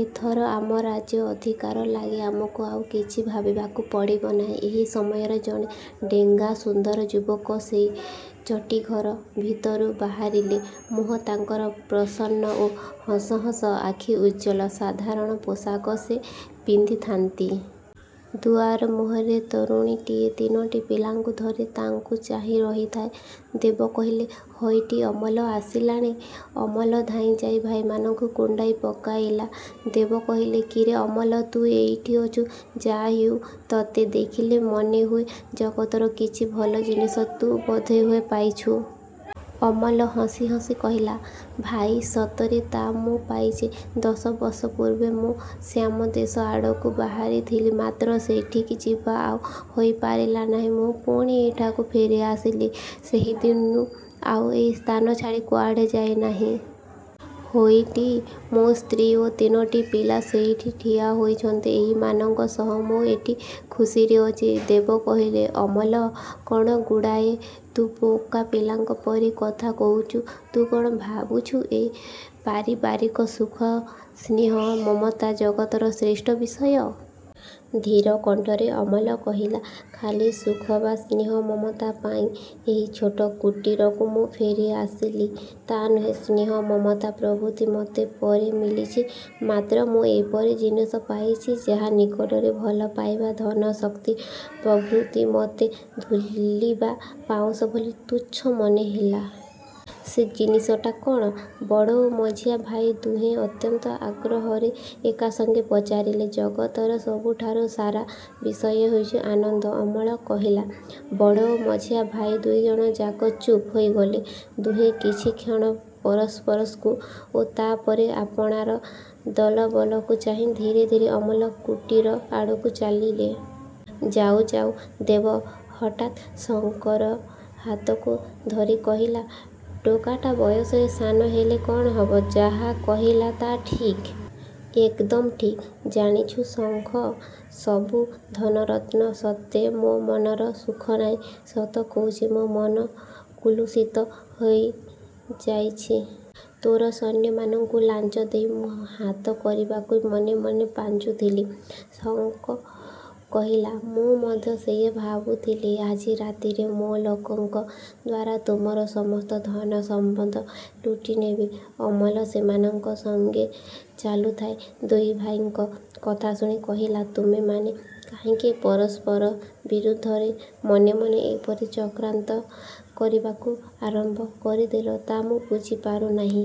ଏଥର ଆମ ରାଜ୍ୟ ଅଧିକାର ଲାଗି ଆମକୁ ଆଉ କିଛି ଭାବିବାକୁ ପଡ଼ିବ ନାହିଁ। ଏହି ସମୟରେ ଜଣେ ଡେଙ୍ଗା ସୁନ୍ଦର ଯୁବକ ସେଇ ଚଟିଘର ଭିତରୁ ବାହାରିଲେ। ମୁହଁ ତାଙ୍କର ପ୍ରସନ୍ନ ଓ ହସ ହସ, ଆଖି ଉଜ୍ଜ୍ୱଳ। ସାଧାରଣ ପୋଷାକ ସେ ପିନ୍ଧିଥାନ୍ତି। ଦୁଆର ମୁହଁରେ ତରୁଣୀଟିଏ ତିନୋଟି ପିଲାଙ୍କୁ ଧରି ତାଙ୍କୁ ଚାହିଁ ରହିଥାଏ। ଦେବ କହିଲେ, ହେଇଟି ଅମଳ ଆସିଲାଣି। ଅମଳ ଧାଇଁ ଯାଇ ଭାଇମାନଙ୍କୁ କୁଣ୍ଢାଇ ପକାଇଲା। ଦେବ କହିଲେ, କିରେ ଅମଳ, ତୁ ଏଇଠି ଅଛୁ। ଯା ହେଉ, ତୋତେ ଦେଖିଲେ ମନେହୁଏ ଜଗତର କିଛି ଭଲ ଜିନିଷ ତୁ ବୋଧହୁଏ ପାଇଛୁ। ଅମଳ ହସି ହସି କହିଲା, ଭାଇ, ସତରେ ତା ମୁଁ ପାଇଛି। ଦଶ ବର୍ଷ ପୂର୍ବେ ମୁଁ ଶ୍ୟାମଦେଶ ଆଡ଼କୁ ବାହାରିଥିଲି; ମାତ୍ର ସେଠିକି ଯିବା ଆଉ ହୋଇପାରିଲା ନାହିଁ। ମୁଁ ପୁଣି ଏଠାକୁ ଫେରିଆସିଲି। ସେହିଦିନୁ ଆଉ ଏଇ ସ୍ଥାନ ଛାଡ଼ି କୁଆଡ଼େ ଯାଇନାହିଁ। ହେଇଟି, ମୋ ସ୍ତ୍ରୀ ଓ ତିନୋଟି ପିଲା ସେଇଠି ଠିଆ ହୋଇଛନ୍ତି। ଏଇମାନଙ୍କ ସହ ମୁଁ ଏଠି ଖୁସିରେ ଅଛି। ଦେବ କହିଲେ, ଅମଳ, କ'ଣ ଗୁଡ଼ାଏ ତୁ ବୋକା ପିଲାଙ୍କ ପରି କଥା କହୁଛୁ? ତୁ କ'ଣ ଭାବୁଛୁ ଏଇ ପାରିବାରିକ ସୁଖ, ସ୍ନେହ, ମମତା ଜଗତର ଶ୍ରେଷ୍ଠ ବିଷୟ। ଧୀର କଣ୍ଠରେ ଅମଳ କହିଲା, ଖାଲି ସୁଖ ବା ସ୍ନେହ ମମତା ପାଇଁ ଏଇ ଛୋଟ କୁଟିରକୁ ମୁଁ ଫେରିଆସିଲି ତା' ନୁହେଁ। ସ୍ନେହ, ମମତା ପ୍ରଭୃତି ମୋତେ ପରେ ମିଳିଛି; ମାତ୍ର ମୁଁ ଏପରି ଜିନିଷ ପାଇଛି, ଯାହା ନିକଟରେ ଭଲପାଇବା, ଧନ, ଶକ୍ତି ପ୍ରଭୃତି ମୋତେ ଧୂଳି ବା ପାଉଁଶ ଭଳି ତୁଚ୍ଛ ମନେହେଲା। ସେ ଜିନିଷଟା କ'ଣ? ବଡ଼ ଓ ମଝିଆଁ ଭାଇ ଦୁହେଁ ଅତ୍ୟନ୍ତ ଆଗ୍ରହରେ ଏକା ସଙ୍ଗେ ପଚାରିଲେ। ଜଗତର ସବୁଠାରୁ ସାର ବିଷୟ ହେଉଛି ଆନନ୍ଦ, ଅମଳ କହିଲା। ବଡ଼ ଓ ମଝିଆ ଭାଇ ଦୁଇଜଣ ଯାକ ଚୁପ୍ ହୋଇଗଲେ। ଦୁହେଁ କିଛିକ୍ଷଣ ପରସ୍ପରକୁ ଓ ତା'ପରେ ଆପଣାର ଦଳବଳଙ୍କୁ ଚାହିଁ ଧୀରେ ଧୀରେ ଅମଳ କୁଟୀର ଆଡ଼କୁ ଚାଲିଲେ। ଯାଉ ଯାଉ ଦେବ ହଠାତ୍ ଶଙ୍ଖର ହାତକୁ ଧରି କହିଲା, ଟୋକାଟା ବୟସରେ ସାନ ହେଲେ କ'ଣ ହେବ, ଯାହା କହିଲା ତା ଠିକ୍, ଏକଦମ୍ ଠିକ୍। ଜାଣିଛୁ ଶଙ୍ଖ, ସବୁ ଧନରତ୍ନ ସତ୍ତ୍ୱେ ମୋ ମନରେ ସୁଖ ନାହିଁ। ସତ କହୁଛି ମୋ ମନ କଳୁଷିତ ହୋଇଯାଇଛି। ତୋର ସୈନ୍ୟମାନଙ୍କୁ ଲାଞ୍ଚ ଦେଇ ମୁଁ ହାତ କରିବାକୁ ମନେ ମନେ ପାଞ୍ଚୁଥିଲି। ଶଙ୍ଖ କହିଲା, ମୁଁ ମଧ୍ୟ ସେଇଆ ଭାବୁଥିଲି। ଆଜି ରାତିରେ ମୋ ଲୋକଙ୍କ ଦ୍ୱାରା ତୁମର ସମସ୍ତ ଧନ ସମ୍ପଦ ଲୁଟିନେବି। ଅମଳ ସେମାନଙ୍କ ସଙ୍ଗେ ଚାଲୁଥାଏ। ଦୁଇ ଭାଇଙ୍କ କଥା ଶୁଣି କହିଲା, ତୁମେମାନେ କାହିଁକି ପରସ୍ପର ବିରୁଦ୍ଧରେ ମନେ ମନେ ଏପରି ଚକ୍ରାନ୍ତ କରିବାକୁ ଆରମ୍ଭ କରିଦେଲ ତା' ମୁଁ ବୁଝିପାରୁନାହିଁ।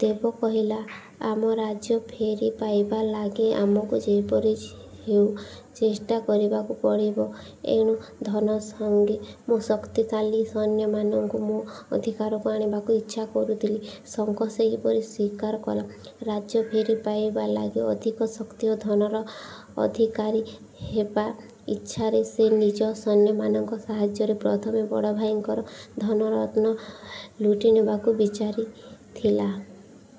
ଦେବ କହିଲା, ଆମ ରାଜ୍ୟ ଫେରି ପାଇବା ଲାଗି ଆମକୁ ଯେପରି ହେଉ ଚେଷ୍ଟା କରିବାକୁ ପଡ଼ିବ। ଏଣୁ ଧନ ସଙ୍ଗେ ମୁଁ ଶକ୍ତିଶାଳୀ ସୈନ୍ୟମାନଙ୍କୁ ମୋ ଅଧିକାରକୁ ଆଣିବାକୁ ଇଚ୍ଛା କରୁଥିଲି। ଶଙ୍ଖ ସେହିପରି ସ୍ୱୀକାର କଲା, ରାଜ୍ୟ ଫେରି ପାଇବା ଲାଗି ଅଧିକ ଶକ୍ତି ଓ ଧନର ଅଧିକାରୀ ହେବା ଇଚ୍ଛାରେ ସେ ନିଜ ସୈନ୍ୟମାନଙ୍କ ସାହାଯ୍ୟରେ ପ୍ରଥମେ ବଡ଼ ଭାଇଙ୍କର ଧନରତ୍ନ ଲୁଟିନେବାକୁ ବିଚାରି ଥିଲା।